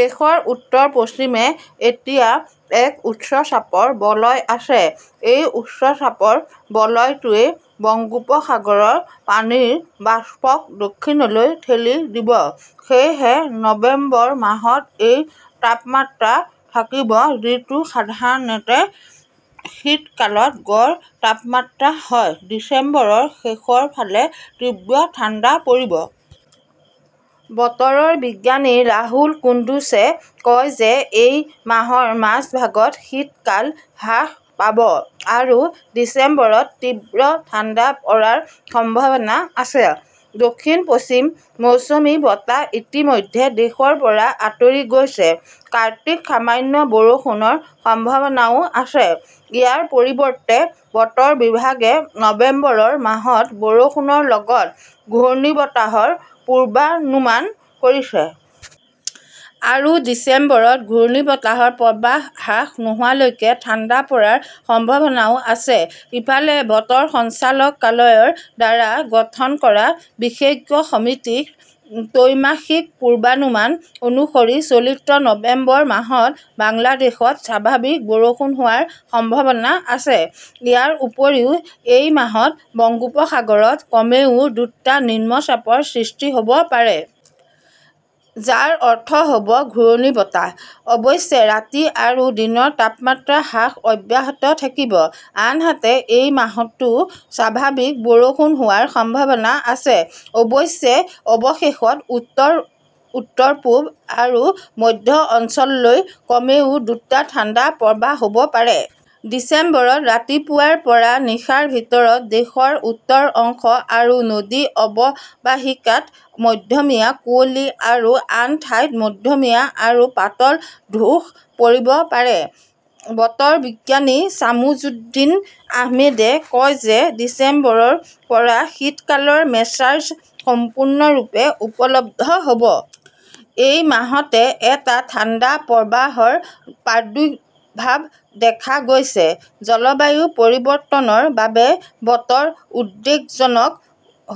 দেশৰ উত্তৰ-পশ্চিমে এতিয়া এক উচ্চ চাপৰ বলয় আছে। এই উচ্চ চাপৰ বলয়টোৱে বংগোপসাগৰৰ পানীৰ বাষ্পক দক্ষিণলৈ ঠেলি দিব। সেয়েহে নৱেম্বৰ মাহত এই তাপমাত্ৰা থাকিব। যিটো সাধাৰণতে শীতকালত গড় তাপমাত্ৰা হয়। ডিচেম্বৰৰ শেষৰ ফালে তীব্ৰ ঠাণ্ডা পৰিব। বতৰ বিজ্ঞানী ৰাহুল কুদ্দুছে কয় যে এই মাহৰ মাজভাগত শীতকাল হ্ৰাস পাব আৰু ডিচেম্বৰত তীব্ৰ ঠাণ্ডা পৰাৰ সম্ভাৱনা আছে। দক্ষিণ-পশ্চিম মৌচুমী বতাহ ইতিমধ্যে দেশৰ পৰা আঁতৰি গৈছে। কাৰ্তিক সামান্য বৰষুণৰ সম্ভাৱনাও আছে। ইয়াৰ পৰিৱৰ্তে, বতৰ বিভাগে নৱেম্বৰ মাহত বৰষুণৰ লগতে ঘূৰ্ণীবতাহৰ পূৰ্বানুমান কৰিছে। আৰু ডিচেম্বৰত ঘূৰ্ণীবতাহৰ প্ৰভাৱ হ্ৰাস নোহোৱালৈকে ঠাণ্ডা পৰাৰ সম্ভাৱনাও আছে। ইফালে, বতৰ সঞ্চালকালয়ৰ দ্বাৰা গঠন কৰা বিশেষজ্ঞ সমিতিৰ ত্ৰৈমাসিক পূৰ্বানুমান অনুসৰি চলিত নৱেম্বৰ মাহত বাংলাদেশত স্বাভাৱিক বৰষুণ হোৱাৰ সম্ভাৱনা আছে। ইয়াৰ উপৰিও, এই মাহত বংগোপসাগৰত কমেও দুটা নিম্নচাপৰ সৃষ্টি হʼব পাৰে। যাৰ অৰ্থ হʼব ঘূৰ্ণীবতাহ। অৱশ্যে, ৰাতি আৰু দিনৰ তাপমাত্ৰা হ্ৰাস অব্যাহত থাকিব। আনহাতে, এই মাহতো স্বাভাৱিক বৰষুণ হোৱাৰ সম্ভাৱনা আছে। অৱশ্যে, অৱশেষত উত্তৰ, উত্তৰ-পূব আৰু মধ্য অঞ্চললৈ কমেও দুটা ঠাণ্ডা প্ৰৱাহ হ 'ব পাৰে। ডিচেম্বৰত ৰাতিপুৱাৰ পৰা নিশাৰ ভিতৰত দেশৰ উত্তৰ অংশ আৰু নদী অৱবাহিকাত মধ্যমীয়া কুঁৱলী আৰু আন ঠাইত মধ্যমীয়া আৰু পাতল ধূস পৰিব পাৰে। বতৰ বিজ্ঞানী ছামছুদ্দিন আহমেদে কয় যে ডিচেম্বৰৰ পৰা শীতকালৰ মেজাজ সম্পূৰ্ণৰূপে উপলব্ধ হʼব। এই মাহতে এটা ঠাণ্ডা প্ৰৱাহৰ প্ৰাদুৰ্ভাৱ দেখা গৈছে। জলবায়ু পৰিৱৰ্তনৰ বাবে বতৰ উদ্বেগজনক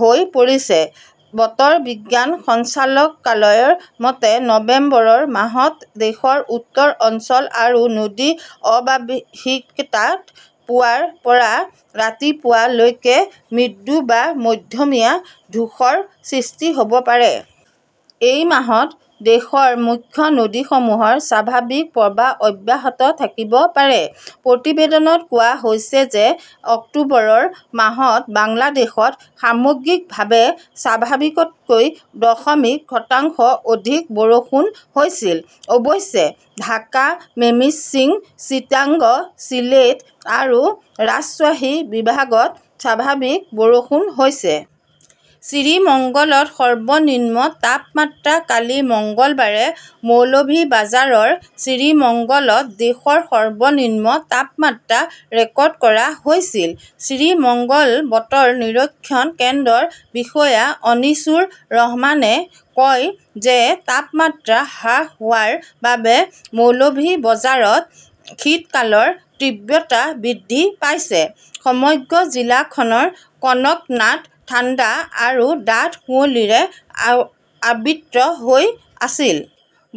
হৈ পৰিছে। বতৰ বিজ্ঞান সঞ্চালকালয়ৰ মতে, নৱেম্বৰ মাহত দেশৰ উত্তৰ অঞ্চল আৰু নদী অৱবাহিকাত পুৱাৰ পৰা ৰাতিপুৱা লৈকে মৃদু বা মধ্যমীয়া ধূসৰ সৃষ্টি হʼব পাৰে। এই মাহত দেশৰ মুখ্য নদীসমূহৰ স্বাভাৱিক প্ৰৱাহ অব্যাহত থাকিব পাৰে। প্ৰতিবেদনত কোৱা হৈছে যে অক্টোবৰ মাহত বাংলাদেশত সামগ্ৰিকভাৱে স্বাভাৱিকতকৈ দশমিক শতাংশ অধিক বৰষুণ হৈছিল। অৱশ্যে, ঢাকা, মেমিন্সিং, চিটাগং, চিলেট আৰু ৰাজশ্বাহী বিভাগত স্বাভাৱিক বৰষুণ হৈছে। শ্ৰীমঙ্গলত সৰ্বনিম্ন তাপমাত্ৰা কালি মঙলবাৰে মৌলভিবাজাৰৰ শ্ৰীমঙ্গলত দেশৰ সৰ্বনিম্ন তাপমাত্ৰা ৰেকৰ্ড কৰা হৈছিল। শ্ৰীমঙ্গল বতৰ নিৰীক্ষণ কেন্দ্ৰৰ বিষয়া অনিছুৰ ৰহমানে কয় যে তাপমাত্ৰা হ্ৰাস হোৱাৰ বাবে মৌলভি বজাৰত শীতকালৰ তীব্ৰতা বৃদ্ধি পাইছে। সমগ্ৰ জিলাখন কনকনাত ঠাণ্ডা আৰু ডাঠ কুঁৱলীৰে আবৃত হৈ আছিল।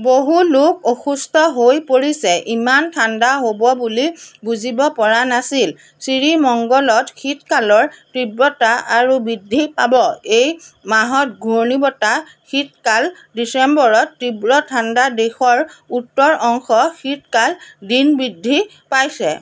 বহু লোক অসুস্থ হৈ পৰিছে। ইমান ঠাণ্ডা হ‍ʼব বুলি বুজিব পৰা নাছিল। শ্ৰীমঙ্গলত শীতকালৰ তীব্ৰতা আৰু বৃদ্ধি পাব। এই মাহত ঘূৰ্ণীবতাহ-শীতকাল, ডিচেম্বৰত তীব্ৰ ঠাণ্ডা দেশৰ উত্তৰ অংশৰ শীতকাল দিন বৃদ্ধি পাইছে।